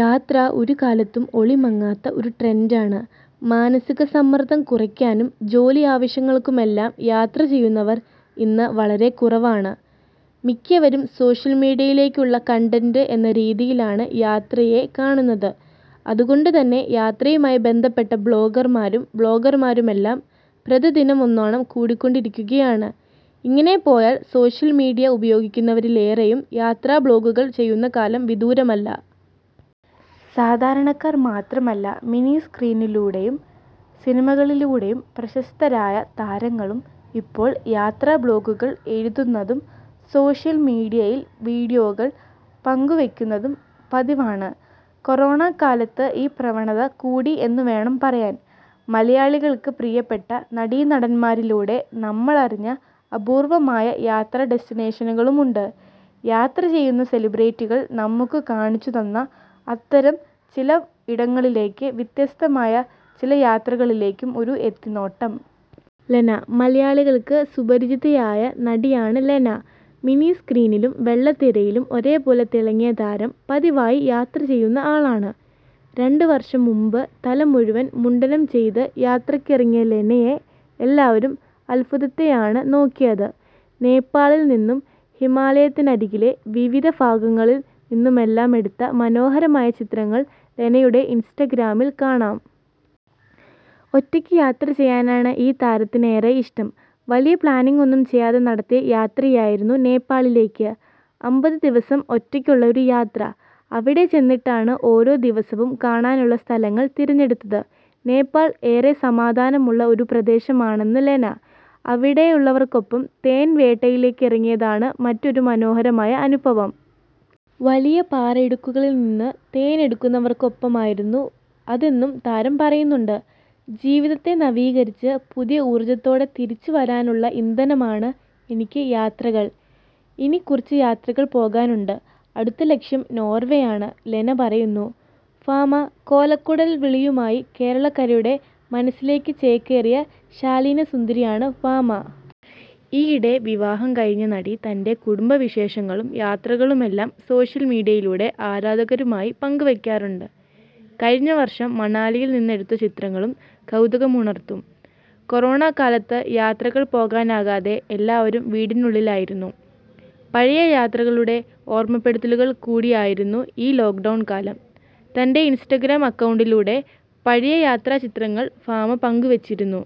യാത്ര ഒരു കാലത്തും ഒളിമങ്ങാത്ത ഒരു ട്രെന്‍ഡാണ്. മാനസിക സമ്മര്‍ദ്ദം കുറയ്ക്കാനും ജോലി ആവശ്യങ്ങൾക്കു മെല്ലാം യാത്ര ചെയ്യുന്നവർ ഇന്ന് വളരെക്കുറവാണ്. മിക്കവരും സോഷ്യല്‍ മീഡിയയിലിലേക്കുള്ള കണ്ടന്റ് എന്ന രീതിയിലാണ് യാത്രയെ കാണുന്നത്. അതുകൊണ്ടുതന്നെ യാത്രയുമായി ബന്ധപ്പെട്ട ബ്ലോഗർമാരും വ്ലോഗർമാരുമെല്ലാം പ്രതിദിനമെന്നോണം കൂടിക്കൊണ്ടിരിക്കുകയാണ്. ഇങ്ങനെ പോയാല്‍ സോഷ്യല്‍ മീഡിയ ഉപയോഗിക്കുന്നവരിലേറെയും യാത്രാബ്ലോഗുകൾ ചെയ്യുന്ന കാലം വിദൂരമല്ല. സാധാരണക്കാര്‍ മാത്രമല്ല, മിനിസ്ക്രീനിലൂടെയും സിനിമകളിലൂടെയും പ്രശസ്തരായ താരങ്ങളും ഇപ്പോള്‍ യാത്രാബ്ലോഗുകൾ എഴുതുന്നതും സോഷ്യല്‍ മീഡിയയിൽ വീഡിയോകള്‍ പങ്കുവയ്ക്കുന്നതും പതിവാണ്. കൊറോണക്കാലത്ത് ഈ പ്രവണത കൂടി എന്നുവേണം പറയാന്‍. മലയാളികള്‍ക്ക് പ്രിയപ്പെട്ട നടീനടന്മാരിലൂടെ നമ്മളറിഞ്ഞ അപൂര്‍വമായ യാത്രാ ഡെസ്റ്റിനേഷനുകളുമുണ്ട്. യാത്ര ചെയ്യുന്ന സെലിബ്രിറ്റികൾ നമുക്കു കാണിച്ചുതന്ന അത്തരം ചില ഇടങ്ങളിലേക്കും വ്യത്യസ്തമായ ചില യാത്രകളിലേക്കും ഒരു എത്തിനോട്ടം. ലെന മലയാളികള്‍ക്ക് സുപരിചിതയായ നടിയാണ് ലെന. മിനിസ്ക്രീനിലും വെള്ളിത്തിരയിലും ഒരേപോലെ തിളങ്ങിയ താരം പതിവായി യാത്ര ചെയ്യുന്ന ആളാണ്. രണ്ടു വര്‍ഷം മുമ്പ്, തല മുഴുവന്‍ മുണ്ഡനം ചെയ്ത് യാത്രയ്ക്കിറങ്ങിയ ലെനയെ എല്ലാവരും അദ്ഭുതത്തെയാണ് നോക്കിയത്. നേപ്പാളില്‍ നിന്നും ഹിമാലയത്തിനരികിലെ വിവിധ ഭാഗങ്ങളില്‍ നിന്നുമെല്ലാമെടുത്ത മനോഹരമായ ചിത്രങ്ങള്‍ ലെനയുടെ ഇന്സ്റ്റഗ്രാമിൽ കാണാം. ഒറ്റയ്ക്ക് യാത്ര ചെയ്യാനാണ് ഈ താരത്തിനേറെ ഇഷ്ടം. വലിയ പ്ലാനിങ് ഒന്നും ചെയ്യാതെ നടത്തിയ യാത്രയായിരുന്നു നേപ്പാളിലേക്ക്. അമ്പത് ദിവസം ഒറ്റയ്ക്കുള്ള ഒരു യാത്ര. അവിടെ ചെന്നിട്ടാണ് ഓരോ ദിവസവും കാണാനുള്ള സ്ഥലങ്ങൾ തിരഞ്ഞെടുത്തത്. നേപ്പാൾ ഏറെ സമാധാനമുള്ള ഒരു പ്രദേശമാണെന്നു ലെന. അവിടുള്ളവർക്കൊപ്പം തേൻ വേട്ടയ്ക്കിറങ്ങിയതാണ് മറ്റൊരു മനോഹരമായ അനുഭവം. വലിയ പാറയിടുക്കുകളിൽ നിന്നു തേൻ എടുക്കുന്നവർക്കൊപ്പമായിരുന്നു അതെന്നും താരം പറയുന്നുണ്ട്. ' ജീവിതത്തെ നവീകരിച്ച് പുതിയ ഊർജത്തോടെ തിരിച്ചുവരാനുള്ള ഇന്ധനമാണ് എനിക്ക് യാത്രകൾ. ഇനി കുറച്ചു യാത്രകൾ പോകാനുണ്ട്. അടുത്ത ലക്ഷ്യം നോർവേയാണ് ' ലെന പറയുന്നു. ഭാമ കോലക്കുഴൽവിളിയുമായി കേരളക്കരയുടെ മനസ്സിലേക്കു ചേക്കേറിയ ശാലീനസുന്ദരിയാണ് ഭാമ. ഈയിടെ വിവാഹം കഴിഞ്ഞ നടി തന്‍റെ കുടുംബവിശേഷങ്ങളും യാത്രകളുമെല്ലാം സോഷ്യല്‍ മീഡിയയിലൂടെ ആരാധകരുമായി പങ്കുവയ്ക്കാറുണ്ട്. കഴിഞ്ഞ വര്‍ഷം മണാലിയിൽ നിന്നെടുത്ത ചിത്രങ്ങളും കൗതുകമുണർത്തൂം. കൊറോണക്കാലത്ത് യാത്രകൾ പോകാനാകാതെ എല്ലാവരും വീടിനുള്ളിലായിരുന്നു. പഴയ യാത്രകളുടെ ഓർമപ്പെടുത്തലുകൾ കൂടിയായിരുന്നു ഈ ലോക്ഡൗൺകാലം. തന്‍റെ ഇന്സ്റ്റഗ്രാം അക്കൗണ്ടിലൂടെ പഴയ യാത്രാചിത്രങ്ങൾ ഭാമ പങ്കു വച്ചിരുന്നു.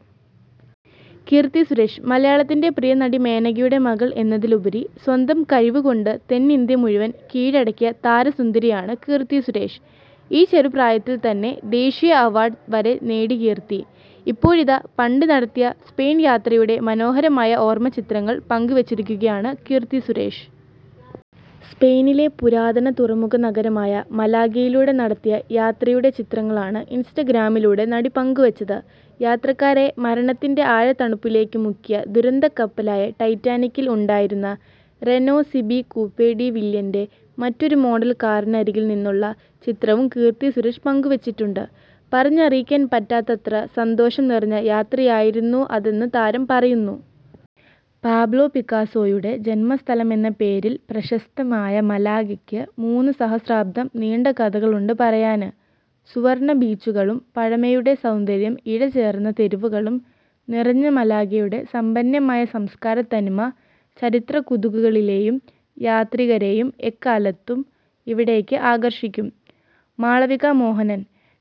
കീര്‍ത്തി സുരേഷ് മലയാളത്തിന്‍റെ പ്രിയനടി മേനകയുടെ മകള്‍ എന്നതിലുപരി സ്വന്തം കഴിവുകൊണ്ട് തെന്നിന്ത്യ മുഴുവന്‍ കീഴടക്കിയ താരസുന്ദരിയാണ് കീര്‍ത്തി സുരേഷ്. ഈ ചെറുപ്രായത്തിൽത്തന്നെ ദേശീയ അവാര്‍ഡ് വരെ നേടി കീര്‍ത്തി. ഇപ്പോഴിതാ പണ്ട് നടത്തിയ സ്പെയിന് യാത്രയുടെ മനോഹരമായ ഓര്‍മ ചിത്രങ്ങള്‍ പങ്കുവച്ചിരിക്കുകയാണ് കീര്‍ത്തി സുരേഷ്. സ്പെയിനിലെ പുരാതന തുറമുഖ നഗരമായ മലാഗയിലൂടെ നടത്തിയ യാത്രയുടെ ചിത്രങ്ങളാണ് ഇന്സ്റ്റഗ്രാമിലൂടെ നടി പങ്കുവച്ചത്. യാത്രക്കാരെ മരണത്തിന്‍റെ ആഴത്തണുപ്പിലേക്കു മുക്കിയ ദുരന്തക്കപ്പലായ ടൈറ്റാനിക്കിൽ ഉണ്ടായിരുന്ന റെനോ സിബി കൂപ്പേ ഡി വില്ലിന്‍റെ മറ്റൊരു മോഡൽ കാറിനരികിൽ നിന്നുള്ള ചിത്രവും കീർത്തി സുരേഷ് പങ്കുവച്ചിട്ടുണ്ട്. പറഞ്ഞറിയിക്കൻ പറ്റാത്തത്ര സന്തോഷം നിറഞ്ഞ യാത്രയായിരുന്നു അതെന്നു താരം പറയുന്നു. പാബ്ലോ പിക്കാസോയുടെ ജന്മസ്ഥലമെന്ന പേരില്‍ പ്രശസ്തമായ മലാഗയ്ക്ക് മൂന്നു സഹസ്രാബ്ദം നീണ്ട കഥകളുണ്ട് പറയാന്. സുവര്‍ണ്ണ ബീച്ചുകളും പഴമയുടെ സൗന്ദര്യം ഇഴ ചേര്‍ന്ന തെരുവുകളും നിറഞ്ഞ മലാഗയുടെ സമ്പന്നമായ സംസ്കാരത്തനിമ ചരിത്രകുതുകികളെയും യാത്രികരെയും എക്കാലത്തും ഇവിടേക്ക് ആകര്‍ഷിക്കും. മാളവിക മോഹനൻ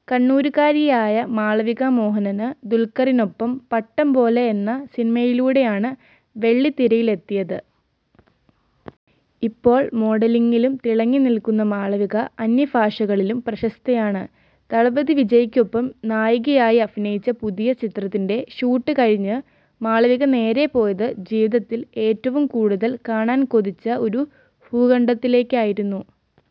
കണ്ണൂരുകാരിയായ മാളവിക മോഹനന്, ദുൽക്കറിനൊപ്പം ' പട്ടം പോലെ ' എന്ന സിനിമയിലൂടെയാണ് വെള്ളിത്തിരയിലെത്തിയത്. ഇപ്പോള്‍ മോഡലിങ്ങിലും തിളങ്ങി നില്‍ക്കുന്ന മാളവിക അന്യഭാഷകളിലും പ്രശസ്തയാണ്. ദളപതി വിജയ്ക്കൊപ്പം നായികയായി അഭിനയിച്ച പുതിയ ചിത്രത്തിന്‍റെ ഷൂട്ട് കഴിഞ്ഞ് മാളവിക നേരേ പോയത് ജീവിതത്തില്‍ ഏറ്റവും കൂടുതല്‍ കാണാന്‍ കൊതിച്ച ഒരു ഭൂഖണ്ഡത്തിലേക്കായിരുന്നു.